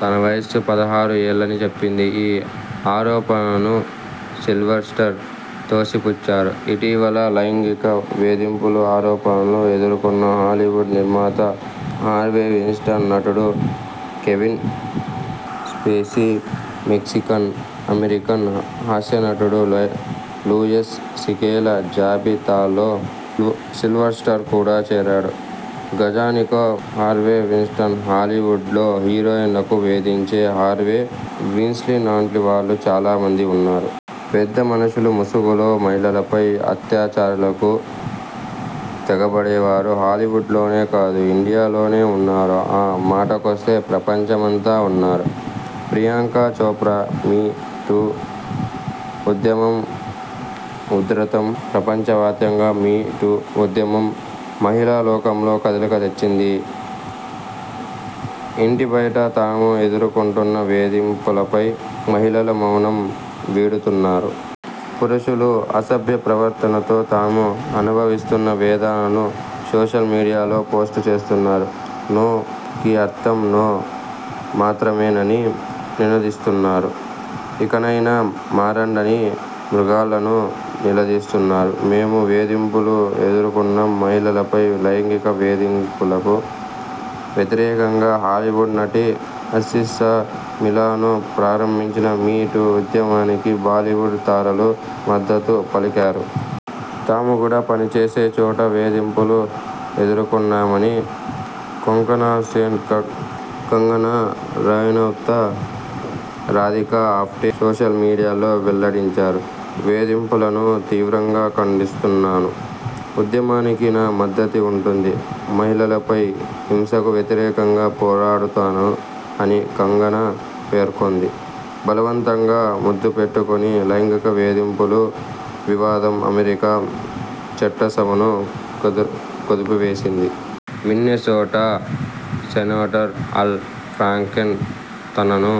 తన వయస్సు పదహారు ఏళ్లని చెప్పింది. ఈ ఆరోపణలను సిల్వర్స్టర్ తోసిపుచ్చారు. ఇటీవల లైంగిక వేధింపుల ఆరోపణలు ఎదుర్కొన్న హాలీవుడ్ నిర్మాత హార్వే వీన్స్టీన్, నటుడు కెవిన్ స్పేసీ, మెక్సికన్ అమెరికన్ హాస్యనటుడు లూయిస్ సీకేల జాబితాలో సిల్వర్స్టర్ కూడా చేరాడు. గజానికో హార్వే వీన్స్టీన్ ''హాలీవుడ్లో హీరోయిన్లను వేధించే హార్వే వీన్స్టీన్లాంటివాళ్లు చాలామంది ఉన్నారు. పెద్దమనుషుల ముసుగులో మహిళలపై అత్యాచారాలకు తెగబడేవారు హాలీవుడ్లోనే కాదు ఇండియాలోనూ ఉన్నారు. ఆ మాటకొస్తే ప్రపంచమంతా ఉన్నారు. ప్రియాంక చోప్రా 'మీ టూ' ఉద్యమం ఉధృతం ప్రపంచవ్యాప్తంగా 'మీ టూ' ఉద్యమం మహిళా లోకంలో కదలిక తెచ్చింది. ఇంటా బయటా తాము ఎదుర్కొంటున్న వేధింపులపై మహిళలు మౌనం వీడుతున్నారు. పురుషుల అసభ్య ప్రవర్తనతో తాము అనుభవిస్తున్న వేదనను సోషల్ మీడియాలో పోస్ట్ చేస్తున్నారు. 'నో'కి అర్థం 'నో' మాత్రమేనని నినదిస్తున్నారు. ఇకనైనా మారండని మృగాళ్లను నిలదీస్తున్నారు. మేమూ వేధింపులు ఎదుర్కొన్నాం మహిళలపై లైంగిక వేధింపులకు వ్యతిరేకంగా హాలీవుడ్ నటి అసిస్సా మిలానో ప్రారంభించిన 'మీ టూ' ఉద్యమానికి బాలీవుడ్ తారలు మద్దతు పలికారు. తాము కూడా పనిచేసే చోట వేధింపులు ఎదర్కొన్నామని కొంకణాసేన్, కంగనా రనౌత్, రాధికా ఆప్టే సోషల్ మీడియాలో వెల్లడించారు. 'వేధింపులను తీవ్రంగా ఖండిస్తున్నాను. ఉద్యమానికి నా మద్దతు ఉంటుంది. మహిళలపై హింసకు వ్యతిరేకంగా పోరాడుతాను' అని కంగనా పేర్కొంది. బలవంతంగా ముద్దుపెట్టుకుని లైంగిక వేధింపుల వివాదం అమెరికా చట్టసభను కుదిపేసింది. మిన్నెసోటా సెనేటర్ అల్ ఫ్రాంకెన్ తనను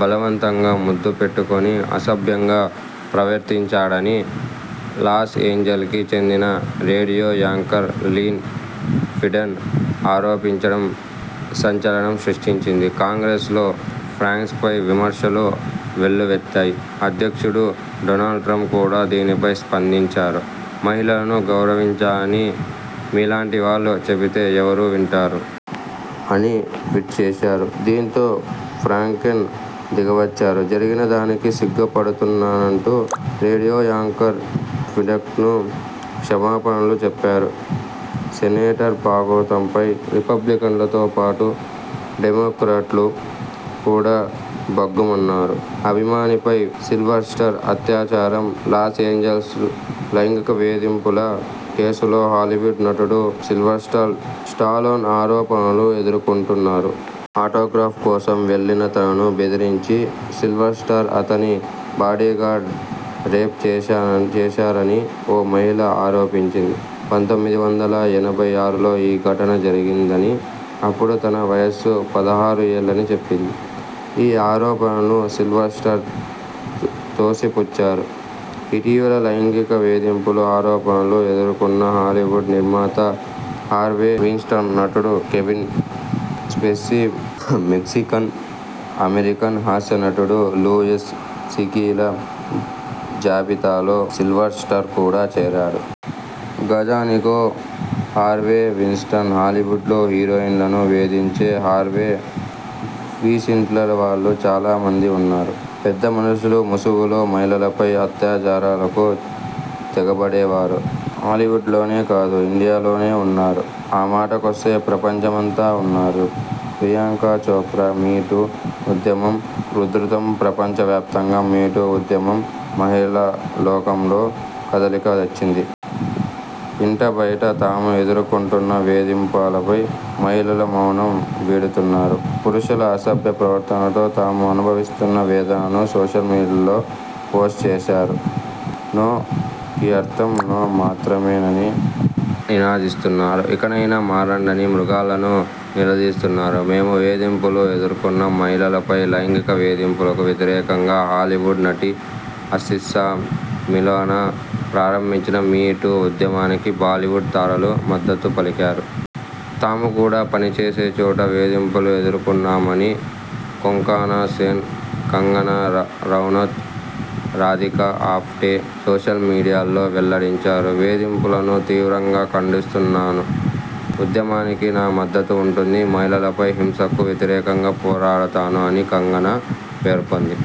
బలవంతంగా ముద్దు పెట్టుకుని, అసభ్యంగా ప్రవర్తించాడని లాస్ఏంజెల్ కి చెందిన రేడియో యాంకర్ లీన్ ట్వీడన్ ఆరోపించడం సంచలనం సృష్టించింది. కాంగ్రెస్ లో ఫ్రాంకెన్పై విమర్శలు వెల్లువెత్తాయి. అధ్యక్షుడు డొనాల్డ్ ట్రంప్ కూడా దీనిపై స్పందించారు. 'మహిళలను గౌరవించాలని మీలాంటివాళ్లు చెబితే ఎవరు వింటారు? ' అని ట్వీట్ చేశారు. దీంతో ఫ్రాంకెన్ దిగివచ్చారు. జరిగిన దానికి సిగ్గుపడుతున్నానంటూ రేడియో యాంకర్ ట్వీడన్కు క్షమాపణలు చెప్పారు. సెనేటర్ బాగోతంపై రిపబ్లికన్లతోబాటు, డెమోక్రాట్లు కూడా భగ్గుమన్నారు. అభిమానిపై సిల్వర్స్టర్ అత్యాచారం! లాస్ఏంజెలిస్ లైంగిక వేధింపుల కేసులో హాలీవుడ్ నటుడు సిల్వర్స్టర్ స్టాలోన్ ఆరోపణలు ఎదుర్కొంటున్నారు. ఆటోగ్రాఫ్ కోసం వెళ్లిన తనను బెదిరించి సిల్వర్స్టర్, అతని బాడీగార్డ్ రేప్ చేశారని ఓ మహిళ ఆరోపించింది. పంతొమ్మిది వందల ఎనభై ఆరులో ఈ ఘటన జరిగిందనీ, అప్పుడు తన వయస్సు పదహారు ఏళ్లని చెప్పింది. ఈ ఆరోపణలను సిల్వర్స్టర్ తోసిపుచ్చారు. ఇటీవల లైంగిక వేధింపుల ఆరోపణలు ఎదుర్కొన్న హాలీవుడ్ నిర్మాత హార్వే వీన్స్టీన్, నటుడు కెవిన్ స్పేసీ, మెక్సికన్ అమెరికన్ హాస్యనటుడు లూయిస్ సీకేల జాబితాలో సిల్వర్స్టర్ కూడా చేరాడు. గజానికో హార్వే వీన్స్టీన్ ''హాలీవుడ్లో హీరోయిన్లను వేధించే హార్వే వీన్స్టీన్లాంటివాళ్లు చాలామంది ఉన్నారు. పెద్దమనుషుల ముసుగులో మహిళలపై అత్యాచారాలకు తెగబడేవారు హాలీవుడ్లోనే కాదు ఇండియాలోనూ ఉన్నారు. ఆమాటకొస్తే ప్రపంచమంతా ఉన్నారు. ''ప్రియాంక చోప్రా'మీ టూ' ఉద్యమం ఉధృతంప్రపంచవ్యాప్తంగా 'మీ టూ' ఉద్యమం మహిళాలోకంలో కదలిక తెచ్చింది. ఇంటా బయటా తాము ఎదుర్కొంటున్న వేధింపులపై మహిళలు మౌనం వీడుతున్నారు. పురుషుల అసభ్య ప్రవర్తనతో తాము అనుభవిస్తున్న వేదనను సోషల్ మీడియాలో పోస్ట్ చేస్తున్నారు. 'నో'కి అర్థం 'నో' మాత్రమేనని నినదిస్తున్నారు. ఇకనైనా మారండని మృగాళ్లను నిలదీస్తున్నారు. మేమూ వేధింపులు ఎదుర్కొన్నాం.. మహిళలపై లైంగిక వేధింపులకు వ్యతిరేకంగా హాలీవుడ్ నటి అసిస్సా మిలానో ప్రారంభించిన 'మీ టూ' ఉద్యమానికి బాలీవుడ్ తారలు మద్దతు పలికారు. తాము కూడా పనిచేసే చోట వేధింపులు ఎదర్కొన్నామని కొంకణాసేన్, కంగనా రనౌత్, రాధికా ఆప్టే సోషల్ మీడియాలో వెల్లడించారు. 'వేధింపులను తీవ్రంగా ఖండిస్తున్నాను. ఉద్యమానికి నా మద్దతు ఉంటుంది. మహిళలపై హింసకు వ్యతిరేకంగా పోరాడుతాను' అని కంగనా పేర్కొంది.